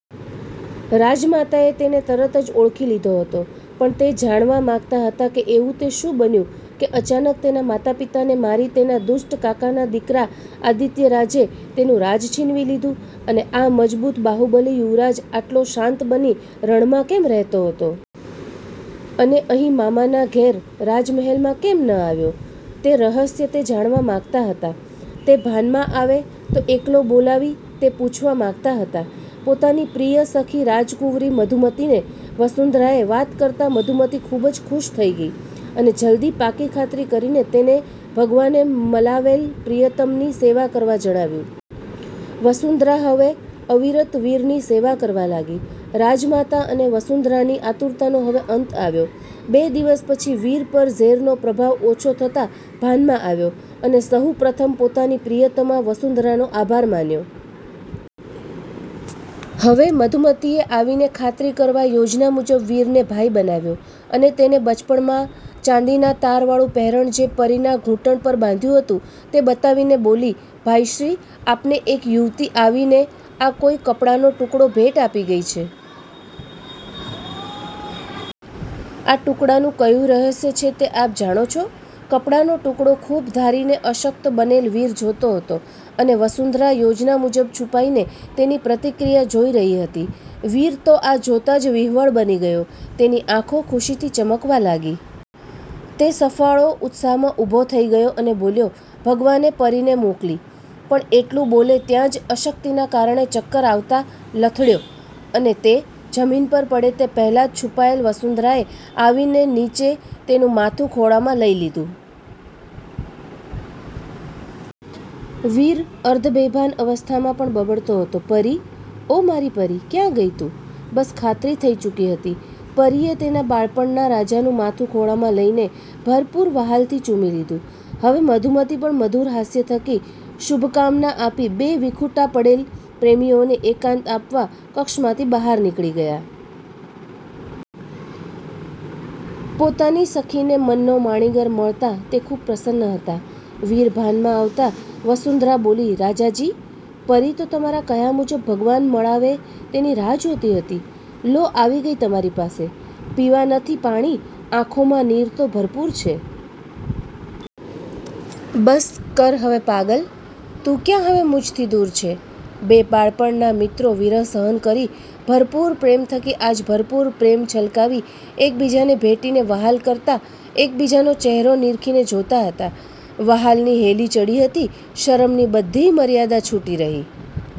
રાજમાતાએ તેને તરત જ ઓળખી લીધો હતો પણ તે જાણવાં માગતાં હતાં કે એવું તે શું બન્યું કે અચાનક તેનાં માતાપિતાને મારી તેનાં દુષ્ટ કાકાના દીકરા આદિત્યરાજે તેનું રાજ છીનવી લીધું? અને આ મજબૂત બાહુબલી યુવરાજ આટલો શાંત બની રણમાં કેમ રહેતો હતો? અને અહીં મામાનાં ઘેર રાજમહેલમાં કેમ ન આવ્યો? તે રહસ્ય તે જાણવાં માગતાં હતાં. તે ભાનમાં આવે તો એકલો બોલાવી તે પૂછવા માગતાં હતાં. પોતાની પ્રિય સખી રાજકુંવરી મધુમતીને વસુંધરાએ વાત કરતાં મધુમતી ખુબ જ ખુશ થઈ ગયી અને જલ્દી પાકી ખાતરી કરીને તેને ભગવાને મલાવેલ પ્રિયતમની સેવા કરવા જણાવ્યું. વસુંધરા હવે અવિરત વીરની સેવા કરવા લાગી. રાજમાતાં અને વસુંધરાની આતુરતાનો હવે અંત આવ્યો. બે દિવસ પછી વીર પર ઝેરનો પ્રભાવ ઓછો થતાં ભાનમાં આવ્યો, અને સહુ પ્રથમ પોતાની પ્રિયતમા વસુંધરાનો આભાર માન્યો. હવે મધુમતીએ આવીને ખાતરી કરવા યોજના મુજબ વીરને ભાઈ બનાવ્યો, અને તેને બચપણમાં ચાંદીના તારવાળું પહેરણ જે પરીના ઘૂંટણ પર બાંધ્યું હતું તે બતાવીને બોલી,"ભાઈ શ્રી આપને એક યુવતી આવીને આ કોઈ કપડાનો ટુકડો ભેટ આપી ગઈ છે? આ ટુકડાનું ક્યુ રહસ્ય છે તે આપ જાણો છો.?" કપડાનો ટુકડો ખુબ ધારીને અશક્ત બનેલ વીર જોતો હતો અને વસુંધરા યોજના મુજબ છુપાઈને તેની પ્રતિક્રિયા જોઈ રહી હતી. વીર તો આ જોતાં જ વિહવળ બની ગયો, તેની આંખો ખુશીથી ચમકવાં લાગી. તે સફાળો ઉત્સાહમાં ઊભો થઈ ગયો અને બોલ્યો,"ભગવાને પરીને મોકલી." પણ એટલું બોલે ત્યાં જ અશક્તિનાં કારણે ચક્કર આવતાં લથડ્યો અને તે જમીન પર પડે તે પહેલાં જ છુપાયેલ વસુંધરાએ આવીને નીચે તેનું માથું ખોળામાં લઈ લીધું. વીર અર્ધબેભાન અવસ્થામાં પણ બબડતો હતો,"પરી, ઓ મારી પરી, ક્યાં ગઈ તું?" બસ ખાતરી થઈ ચુકી હતી. પરીએ તેનાં બાળપણનાં રાજાનું માથું ખોળામાં લઇને ભરપૂર વ્હાલથી ચૂમી લીધું. હવે મધુમતી પણ મધુર હાસ્ય થકી શુભકામનાં આપી બે વિખુટા પડેલ પ્રેમીઓને એકાંત આપવા કક્ષમાંથી બહાર નીકળી ગયાં. પોતાની સખીને મનનો માણીગર મળતાં તે ખુબ પ્રસન્ન હતાં. વીર ભાનમાં આવતાં વસુંધરા બોલી,"રાજાજી, પરી તો તમારાં કહ્યાં મુજબ ભગવાન મળાવે તેની રાહ જોતી હતી. લો આવી ગઈ તમારી પાસે. "પીવા નથી પાણી, આંખોમાં નીર તો ભરપૂર છે. બસ કર હવે પાગલ, તું ક્યાં હવે મુજથી દુર છે." બે બાળપણનાં મિત્રો વિરહ સહન કરી ભરપૂર પ્રેમ થકી આજ ભરપૂર પ્રેમ છલકાવી એક બીજાને ભેટીને વહાલ કરતાં એકબીજાનો ચેહરો નીરખીને જોતાં હતાં. વ્હાલની હેલી ચડી હતી. શરમની બધીય મર્યાદા છૂટી રહી